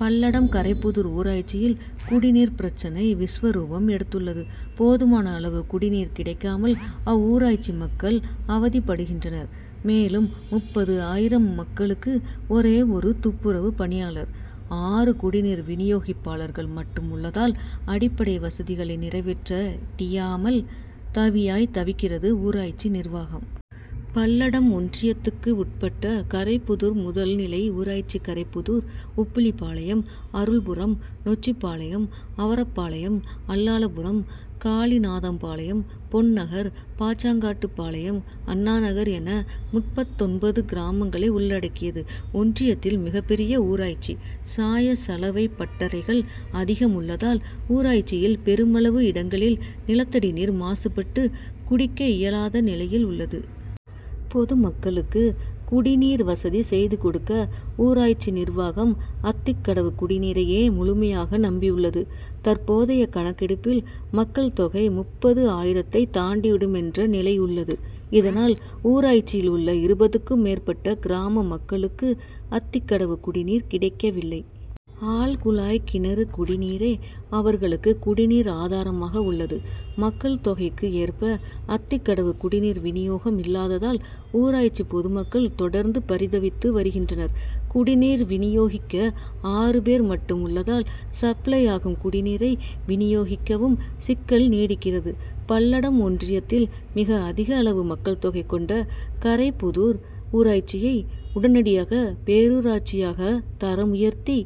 பல்லடம் கரைப்புதூர் ஊராட்சியில் குடிநீர் பிரச்னை விஸ்வரூபம் எடுத்துள்ளது; போதுமான அளவு குடிநீர் கிடைக்காமல், அவ்வூராட்சி மக்கள் அவதிப்படுகின்றனர். மேலும், முப்பது ஆயிரம் மக்களுக்கு ஒரே ஒரு துப்புரவு பணியாளர், ஆறு குடிநீர் வினியோகிப்பாளர்கள் மட்டும் உள்ளதால், அடிப்படை வசதிகளை நிறைவேற்ற டியாமல் தவியாய், தவிக்கிறது, ஊராட்சி நிர்வாகம். பல்லடம் ஒன்றியத்துக்கு உட்பட்ட கரைப்புதூர் முதல் நிலை ஊராட்சி கரைப் புதூர், உப்பிலிபாளையம், அருள்புரம், நொச்சிபாளையம், அவரப்பாளையம், அல்லாளபுரம், காளிநாதம்பாளையம், பொன் நகர், பாச்சாங்காட்டுப்பாளையம், அண்ணா நகர் என முப்பத்தொன்பது கிராமங்களை உள்ளடக்கியது ஒன்றியத்தில் மிகப்பெரிய ஊராட்சி. சாய, சலவை பட்டறைகள் அதிகம் உள்ளதால், ஊராட்சியில் பெருமளவு இடங்களில் நிலத்தடி நீர் மாசுபட்டு குடிக்க இயலாத நிலையில் உள்ளது. பொதுமக்களுக்கு குடிநீர் வசதி செய்து கொடுக்க, ஊராட்சி நிர்வாகம் அத்திக் கடவு குடிநீரையே முழுமையாக நம்பி யுள்ளது. தற்போதைய கணக்கெடுப்பில், மக்கள் தொகை முப்பது ஆயிரத்தை தாண்டி விடும் என்ற நிலையுள்ளது. இதனால், ஊராட்சியில் உள்ள இருபதுக்கும் மேற்பட்ட கிராம மக்களுக்கு அத்திக்கடவு குடிநீர் கிடைக்கவில்லை. ஆழ்குழாய் கிணறு குடிநீரே அவர் களுக்கு குடிநீர் ஆதாரமாக உள்ளது. மக்கள் தொகைக்கு ஏற்ப அத்திக்கடவு குடிநீர் வினியோகம் இல்லாததால், ஊராட்சி பொதுமக்கள் தொடர்ந்து பரிதவித்து வரு கின்றனர். குடிநீர் வினியோகிக்க ஆறு பேர் மட்டும் உள்ளதால், சப்ளையாகும் குடிநீரை வினியோகிக்கவும் சிக்கல் நீடிக்கிறது. பல்லடம் ஒன்றியத்தில் மிக அதிக அளவு மக்கள் தொகை கொண்ட கரைப் புதூர் ஊராட்சியை, உடனடியாக பேரூராட்சியாக தரம் உயர்த்தி,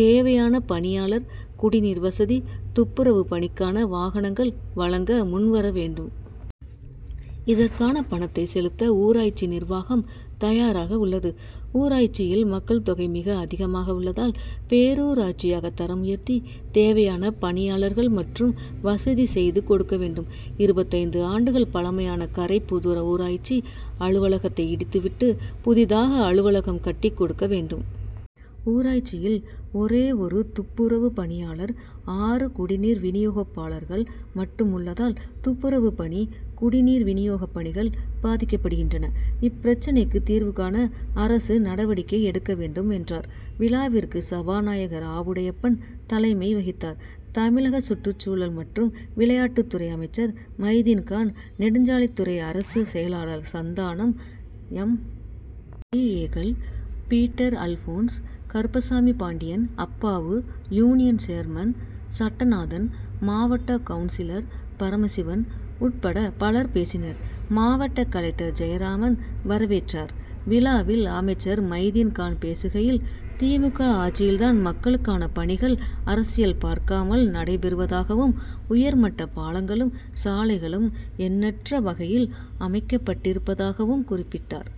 தேவையான பணியாளர், குடிநீர் வசதி, துப்புரவு பணிக்கான வாகனங்கள் வழங்க முன்வர வேண்டும். இதற்கான பணத்தை செலுத்த ஊராட்சி நிர்வாகம் தயாராக உள்ளது. ஊராட்சியில் மக்கள் தொகை மிக அதிகமாக உள்ளதால், பேரூராட்சியாக தரம் உயர்த்தி தேவையான பணியாளர்கள் மற்றும் வசதி செய்து கொடுக்க வேண்டும். இருபத்தைந்து ஆண்டுகள் பழமையான கரைப்புதூர் ஊராட்சி அலுவலகத்தை இடித்துவிட்டு, புதிதாக அலுவலகம் கட்டிக்கொடுக்க வேண்டும். ஊராட்சியில் ஒரே ஒரு துப்புரவு பணியாளர், ஆறு குடிநீர் வினியோகப்பாளர்கள் மட்டும் உள்ளதால், துப்புரவு பணி, குடிநீர் வினியோக பணி கள் பாதிக்கப்படுகின்றன. இப் பிரச்னைக்கு தீர்வு காண அரசு நடவடிக்கை எடுக்க வேண்டும், என்றார். விழாவிற்கு சபாநாயகர் ஆவுடையப்பன் தலைமை வகித்தார். தமிழக சுற்றுச்சூழல் மற்றும் விளையாட்டுத்துறை அமைச்சர் மைதீன்கான், நெடுஞ்சாலைத்துறை அரசு செயலாளர் சந்தானம், எம். எல். ஏ.,கள் பீட்டர் அல்போன்ஸ், கருப்பசாமிபாண்டியன், அப்பாவு, யூனியன் சேர்மன் சட்டநாதன், மாவட்ட கவுன்சிலர் பரமசிவன் உட்பட பலர் பேசினர். மாவட்ட கலெக்டர் ஜெயராமன் வரவேற்றார். விழாவில் அமைச்சர் மைதீன்கான் பேசுகையில்: திமுக ஆட்சியில்தான் மக்களுக்கான பணிகள் அரசியல் பார்க்காமல் நடைபெறுவதாகவும், உயர்மட்ட பாலங்களும், சாலைகளும் எண்ணற்ற வகையில் அமைக்கப்பட்டிருப்பதாகவும் குறிப்பிட்டார்.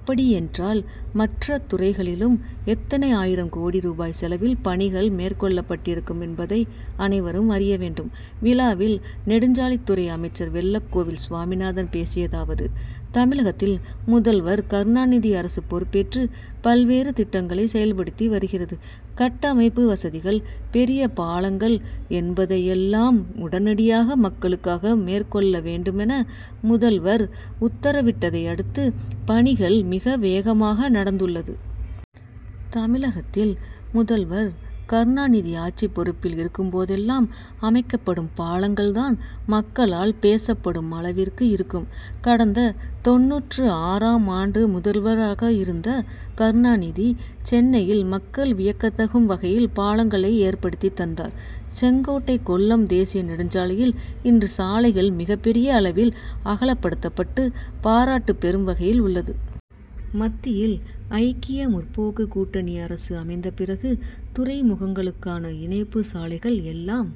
அப்படி என்றால் மற்ற துறைகளிலும் எத்தனை ஆயிரம் கோடி ரூபாய் செலவில் பணிகள் மேற்கொள்ளப்பட்டிருக்கும் என்பதை அனைவரும் அறிய வேண்டும். விழாவில் நெடுஞ்சாலைத்துறை அமைச்சர் வெள்ளக்கோவில் சுவாமிநாதன் பேசியதாவது:-தமிழகத்தில் முதல்வர் கருணாநிதி அரசு பொறுப்பேற்று பல்வேறு திட்டங்களை செயல்படுத்தி வருகிறது. கட்டமைப்பு வசதிகள், பெரிய பாலங்கள் என்பதையெல்லாம் உடனடியாக மக்களுக்காக மேற்கொள்ள வேண்டுமென முதல்வர் உத்தரவிட்டதையடுத்து பணிகள் மிக வேகமாக நடந்துள்ளது. தமிழகத்தில் முதல்வர் கருணாநிதி ஆட்சி பொறுப்பில் இருக்கும்போதெல்லாம் அமைக்கப்படும் பாலங்கள் தான் மக்களால் பேசப்படும் அளவிற்கு இருக்கும். கடந்த தொண்ணூற்று ஆறாம் ஆண்டு முதல்வராக இருந்த கருணாநிதி சென்னையில் மக்கள் வியக்கதகும் வகையில் பாலங்களை ஏற்படுத்தி தந்தார். செங்கோட்டை கொல்லம் தேசிய நெடுஞ்சாலையில் இன்று சாலைகள் மிகப்பெரிய அளவில் அகலப்படுத்தப்பட்டு பாராட்டு பெரும் வகையில் உள்ளது. மத்தியில் ஐக்கிய முற்போக்கு கூட்டணி அரசு அமைந்தபிறகு துறைமுகங்களுக்கான இணைப்பு சாலைகள் எல்லாம்